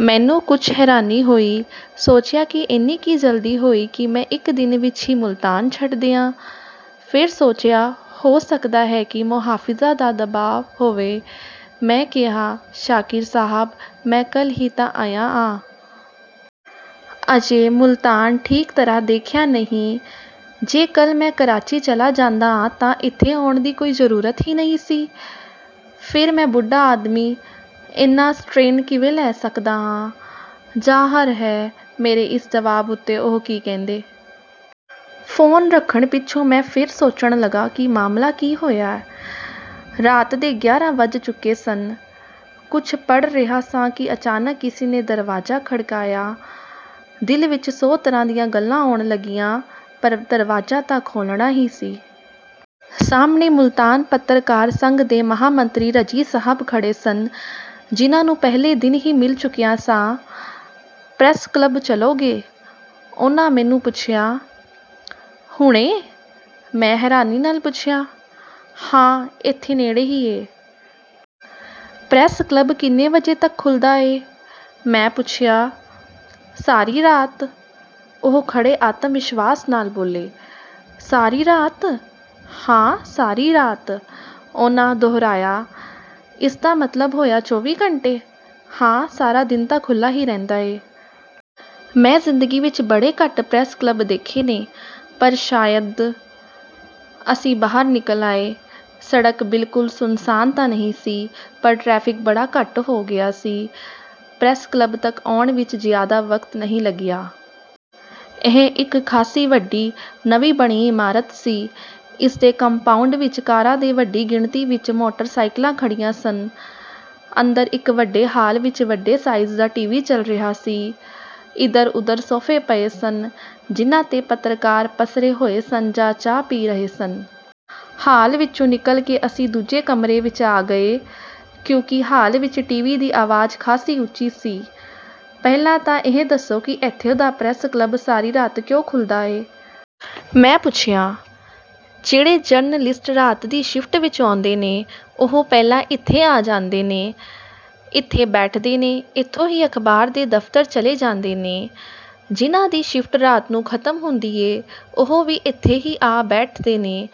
ਮੈਨੂੰ ਕੁਝ ਹੈਰਾਨੀ ਹੋਈ। ਸੋਚਿਆ ਕਿ ਏਨੀ ਕੀ ਜਲਦੀ ਹੋਈ ਕਿ ਮੈਂ ਇਕ ਦਿਨ ਵਿੱਚ ਹੀ ਮੁਲਤਾਨ ਛੱਡ ਦਿਆਂ? ਫੇਰ ਸੋਚਿਆ, ਹੋ ਸਕਦਾ ਹੈ ਕਿ 'ਮੋਹਾਫ਼ਿਜ਼ਾਂ' ਦਾ ਦਬਾਅ ਹੋਵੇ। ਮੈਂ ਕਿਹਾ, "ਸ਼ਾਕਿਰ ਸਾਹਬ, ਮੈਂ ਕੱਲ੍ਹ ਹੀ ਤਾਂ ਆਇਆ ਆਂ। ਅਜੇ ਮੁਲਤਾਨ ਠੀਕ ਤਰ੍ਹਾਂ ਦੇਖਿਆ ਨਹੀਂ। ਜੇ ਕੱਲ੍ਹ ਮੈਂ ਕਰਾਚੀ ਚਲਾ ਜਾਂਦਾ ਆਂ ਤਾਂ ਇੱਥੇ ਆਉਣ ਦੀ ਕੋਈ ਜ਼ਰੂਰਤ ਹੀ ਨਹੀਂ ਸੀ। ਫੇਰ ਮੈਂ ਬੁੱਢਾ ਆਦਮੀ, ਏਨਾ ਸਟ੍ਰੇਨ ਕਿਵੇਂ ਲੈ ਸਕਦਾ ਆਂ?" ਜ਼ਾਹਰ ਹੈ, ਮੇਰੇ ਇਸ ਜਵਾਬ ਉੱਤੇ ਉਹ ਕੀ ਕਹਿੰਦੇ? ਫ਼ੋਨ ਰੱਖਣ ਪਿੱਛੋਂ ਮੈਂ ਫੇਰ ਸੋਚਣ ਲੱਗਾ ਕਿ ਮਾਮਲਾ ਕੀ ਹੋਇਆ? ਰਾਤ ਦੇ ਗਿਆਰਾਂ ਵੱਜ ਚੁੱਕੇ ਸਨ। ਕੁਝ ਪੜ੍ਹ ਰਿਹਾ ਸਾਂ ਕਿ ਅਚਾਨਕ ਕਿਸੇ ਨੇ ਦਰਵਾਜ਼ਾ ਖੜਕਾਇਆ। ਦਿਲ ਵਿੱਚ ਸੌ ਤਰ੍ਹਾਂ ਦੀਆਂ ਗੱਲਾਂ ਆਉਣ ਲੱਗੀਆਂ, ਪਰ ਦਰਵਾਜ਼ਾ ਤਾਂ ਖੋਲ੍ਹਣਾ ਹੀ ਸੀ। ਸਾਹਮਣੇ ਮੁਲਤਾਨ ਪੱਤਰਕਾਰ ਸੰਘ ਦੇ ਮਹਾਮੰਤਰੀ ਰਜ਼ੀ ਸਾਹਬ ਖੜ੍ਹੇ ਸਨ, ਜਿਨ੍ਹਾਂ ਨੂੰ ਪਹਿਲੇ ਦਿਨ ਹੀ ਮਿਲ ਚੁੱਕਿਆ ਸਾਂ। "ਪ੍ਰੈਸ ਕਲੱਬ ਚਲੋਗੇ?" ਉਹਨਾਂ ਮੈਨੂੰ ਪੁੱਛਿਆ। "ਹੁਣੇ!" ਮੈਂ ਹੈਰਾਨੀ ਨਾਲ ਪੁੱਛਿਆ। "ਹਾਂ... ਇੱਥੇ ਨੇੜੇ ਹੀ ਏ।" "ਪ੍ਰੈਸ ਕਲੱਬ ਕਿੰਨੇ ਵਜੇ ਤੱਕ ਖੁੱਲ੍ਹਦਾ ਏ?" ਮੈਂ ਪੁੱਛਿਆ। "ਸਾਰੀ ਰਾਤ।" ਉਹ ਬੜੇ ਆਤਮ-ਵਿਸ਼ਵਾਸ ਨਾਲ ਬੋਲੇ। "ਸਾਰੀ ਰਾਤ?" "ਹਾਂ... ਸਾਰੀ ਰਾਤ।" ਉਹਨਾਂ ਦੋਹਰਾਇਆ। "ਇਸਦਾ ਮਤਲਬ ਹੋਇਆ ਚੌਵੀ ਘੰਟੇ?" "ਹਾਂ... ਸਾਰਾ ਦਿਨ ਤਾਂ ਖੁੱਲ੍ਹਾ ਹੀ ਰਹਿੰਦਾ ਏ।" "ਮੈਂ ਜ਼ਿੰਦਗੀ ਵਿੱਚ ਬੜੇ ਘੱਟ ਪ੍ਰੈਸ ਕਲੱਬ ਦੇਖੇ ਨੇ... ਪਰ ਸ਼ਾਇਦ..." ਅਸੀਂ ਬਾਹਰ ਨਿਕਲ ਆਏ। ਸੜਕ ਬਿਲਕੁਲ ਸੁੰਨਸਾਨ ਤਾਂ ਨਹੀਂ ਸੀ, ਪਰ ਟ੍ਰੈਫਿਕ ਬੜਾ ਘੱਟ ਹੋ ਗਿਆ ਸੀ। ਪ੍ਰੈਸ ਕਲੱਬ ਤੱਕ ਆਉਣ ਵਿੱਚ ਜ਼ਿਆਦਾ ਵਕਤ ਨਹੀਂ ਲੱਗਿਆ। ਇਹ ਇਕ ਖਾਸੀ ਵੱਡੀ, ਨਵੀਂ ਬਣੀ ਇਮਾਰਤ ਸੀ। ਇਸਦੇ ਕੰਪਾਊਂਡ ਵਿੱਚ ਕਾਰਾਂ ਤੇ ਵੱਡੀ ਗਿਣਤੀ ਵਿੱਚ ਮੋਟਰ-ਸਾਈਕਲਾਂ ਖੜ੍ਹੀਆਂ ਸਨ। ਅੰਦਰ ਇਕ ਵੱਡੇ ਹਾਲ ਵਿੱਚ ਵੱਡੇ ਸਾਈਜ਼ ਦਾ ਟੀਵੀ ਚੱਲ ਰਿਹਾ ਸੀ। ਇਧਰ-ਉਧਰ ਸੋਫੇ ਪਏ ਸਨ, ਜਿਨ੍ਹਾਂ 'ਤੇ ਪੱਤਰਕਾਰ ਪੱਸਰੇ ਹੋਏ ਸਨ ਜਾਂ ਚਾਹ ਪੀ ਰਹੇ ਸਨ। ਹਾਲ ਵਿੱਚੋਂ ਨਿਕਲ ਕੇ ਅਸੀਂ ਦੂਜੇ ਕਮਰੇ ਵਿੱਚ ਆ ਗਏ, ਕਿਉਂਕਿ ਹਾਲ ਵਿੱਚ ਟੀਵੀ ਦੀ ਆਵਾਜ਼ ਖਾਸੀ ਉੱਚੀ ਸੀ। "ਪਹਿਲਾਂ ਤਾਂ ਇਹ ਦੱਸੋ ਕਿ ਇੱਥੋਂ ਦਾ ਪ੍ਰੈਸ ਕਲੱਬ ਸਾਰੀ ਰਾਤ ਕਿਉਂ ਖੁੱਲ੍ਹਦਾ ਏ?" ਮੈਂ ਪੁੱਛਿਆ। "ਜਿਹੜੇ ਜਰਨਲਿਸਟ ਰਾਤ ਦੀ ਸ਼ਿਫ਼ਟ ਵਿੱਚ ਆਉਂਦੇ ਨੇ, ਉਹ ਪਹਿਲਾਂ ਇੱਥੇ ਆ ਜਾਂਦੇ ਨੇ। ਇੱਥੇ ਬੈਠਦੇ ਨੇ, ਇੱਥੋਂ ਹੀ ਅਖ਼ਬਾਰ ਦੇ ਦਫ਼ਤਰ ਚਲੇ ਜਾਂਦੇ ਨੇ। ਜਿਹਨਾਂ ਦੀ ਸ਼ਿਫ਼ਟ ਰਾਤ ਨੂੰ ਖ਼ਤਮ ਹੁੰਦੀ ਏ, ਉਹ ਵੀ ਇੱਥੇ ਹੀ ਆ ਬੈਠਦੇ ਨੇ।"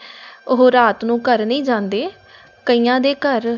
"ਉਹ ਰਾਤ ਨੂੰ ਘਰ ਨਹੀਂ ਜਾਂਦੇ?" "ਕਈਆਂ ਦੇ ਘਰ..."